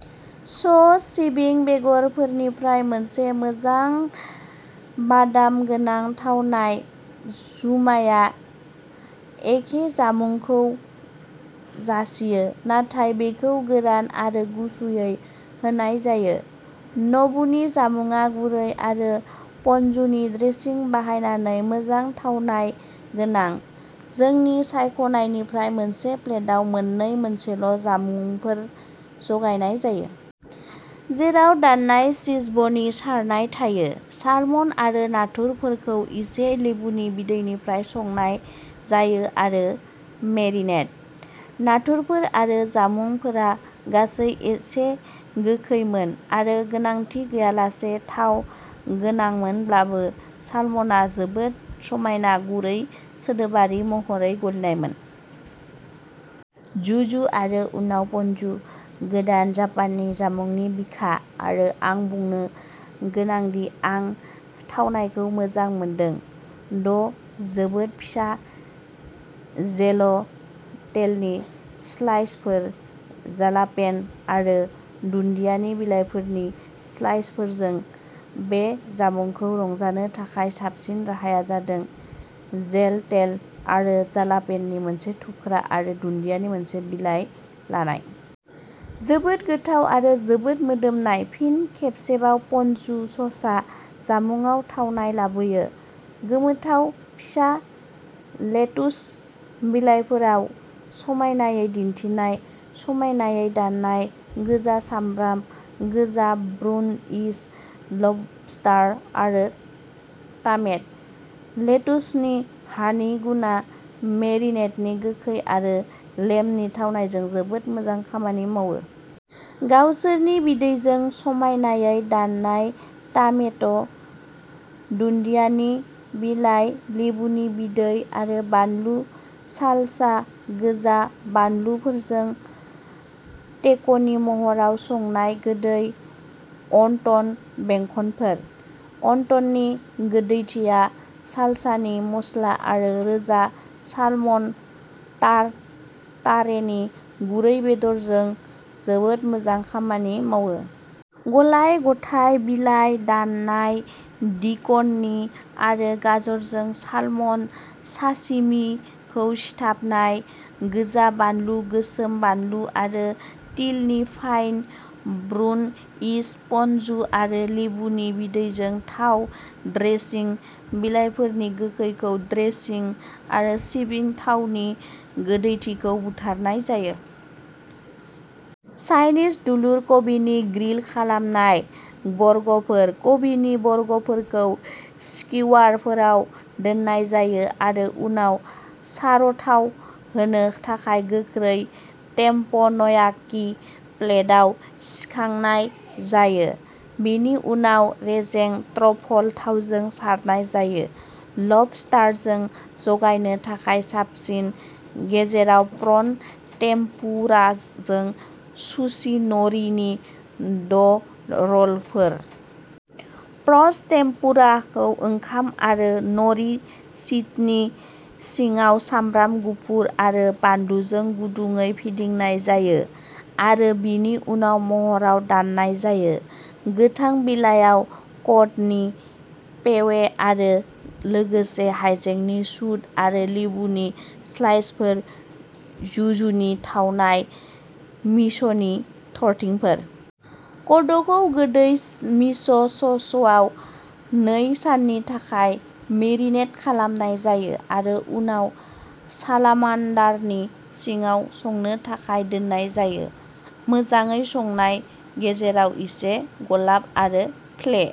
सस, सिबिं बेगरफोरनिफ्राय मोनसे मोजां बादाम गोनां थावनाय। जुमाया एखे जामुंखौ जासियो। नाथाय बेखौ गोरान आरो गुसुयै होनाय जायो। नबुनि जामुंआ गुरै आरो पनजुनि ड्रेसिं बाहायनानै मोजां थावनाय गोनां। जोंनि सायख'नायनिफ्राय मोनसे प्लेटआव मोननै मोनसेल' जामुंफोर जगायनाय जायो। जेराव दाननाय चिभ्सनि सारनाय थायो। सालमन आरो नाथुरफोरखौ एसेयै लेबुनि बिदैनिफ्राय संनाय जायो आरो मेरिनेड। नाथुरफोर आरो जामुंफोरा गासै एसे गोखैमोन आरो गोनांथि गैयालासे थाव गोनांमोनब्लाबो सालमनआ जोबोद समायना गुरै सोदोबारि महरै गलिनायमोन। जुजु आरो उनाव पनजु गोदान जापाननि जामुंनि बिखा आरो आं बुंनो गोनां दि आं थावनायखौ मोजां मोनदों। द’ जोबोद फिसा जेल'टेलनि स्लाइसफोर जालापेन' आरो दुन्दियानि बिलाइफोरनि स्लाइसफोरजों। बे जामुंखौ रंजानो थाखाय साबसिन राहाया जादों जेल'टेल आरो जालापेन'नि मोनसे थुख्रा आरो दुन्दियानि मोनसे बिलाइ लानाय। जोबोद गोथाव आरो जोबोद मोदोमनाय। फिन खेबसेबाव पनजु ससआ जामुंआव थावनाय लाबोयो। गोमोथाव फिसा लेटुस बिलाइफोराव समायनायै दिन्थिनाय। समायनायै दाननाय गोजा सामब्राम गोजा ब्रुनइज लबस्टार आरो टामेट। लेटुसनि हानि गुनआ मेरिनेडनि गोखै आरो लेमनि थावनायजों जोबोद मोजां खामानि मावो। गावसोरनि बिदैजों समायनायै दाननाय टामेट’ दुन्दियानि बिलाइ लेबुनि बिदै आरो बानलु सालसा गोजा बानलुफोरजों। टेक'नि महराव संनाय गोदै वनटन बेंखनफोर। वनटननि गोदैथिया सालसानि मस्ला आरो रोजा सालमन टारटारेनि गुरै बेदरजों जोबोद मोजां खामानि मावो। गलाय-गथाय बिलाइ दाननाय डिक'न आरो गाजरजों सालमन साशिमिखौ सिथाबनाय। गोजा बानलु गोसोम बानलु आरो तिलनि फाइन ब्रुनइज पनजु आरो लेबुनि बिदैजों थाव ड्रेसिं। बिलाइफोरनि गोखैखौ ड्रेसिं आरो सिबिं थावनि गोदैथिखौ बुथारनाय जायो। चाइनिज दुलुर कबिनि ग्रिल खालामनाय बर्गफोर। कबिनि बर्गफोरखौ स्किवारफोराव दोननाय जायो आरो उनाव चार'थाव होनो थाखाय गोख्रै टेप्पनयाकि प्लेटआव सिखांनाय जायो। बिनि उनाव रेजें ट्रफल थावजों सारनाय जायो। लबस्टारजों जगायनो थाखाय साबसिन। गेजेराव प्रन टेम्पुराजों सुशि न'रिनि द’ रलफोर। प्रन टेम्पुराखौ ओंखाम आरो न'रि शीटनि सिङाव सामब्राम गुफुर आरो बानलुजों गुदुङै फिदिंनाय जायो आरो बेनि उनाव महराव दाननाय जायो। गोथां बिलाइयाव क'डनि पेवे आरो लोगोसे हायजेंनि शुट आरो लिबुनि स्लाइसफोर युजुनि थावनाय मिस'नि थरथिंफोर। कड'खौ गोदै मिस' सस'आव नै साननि थाखाय मेरिनेट खालामनाय जायो आरो उनाव सालामान्डारनि सिङाव संनो थाखाय दोननाय जायो। मोजाङै संनाय गेजेराव एसे गलाब आरो फ्ले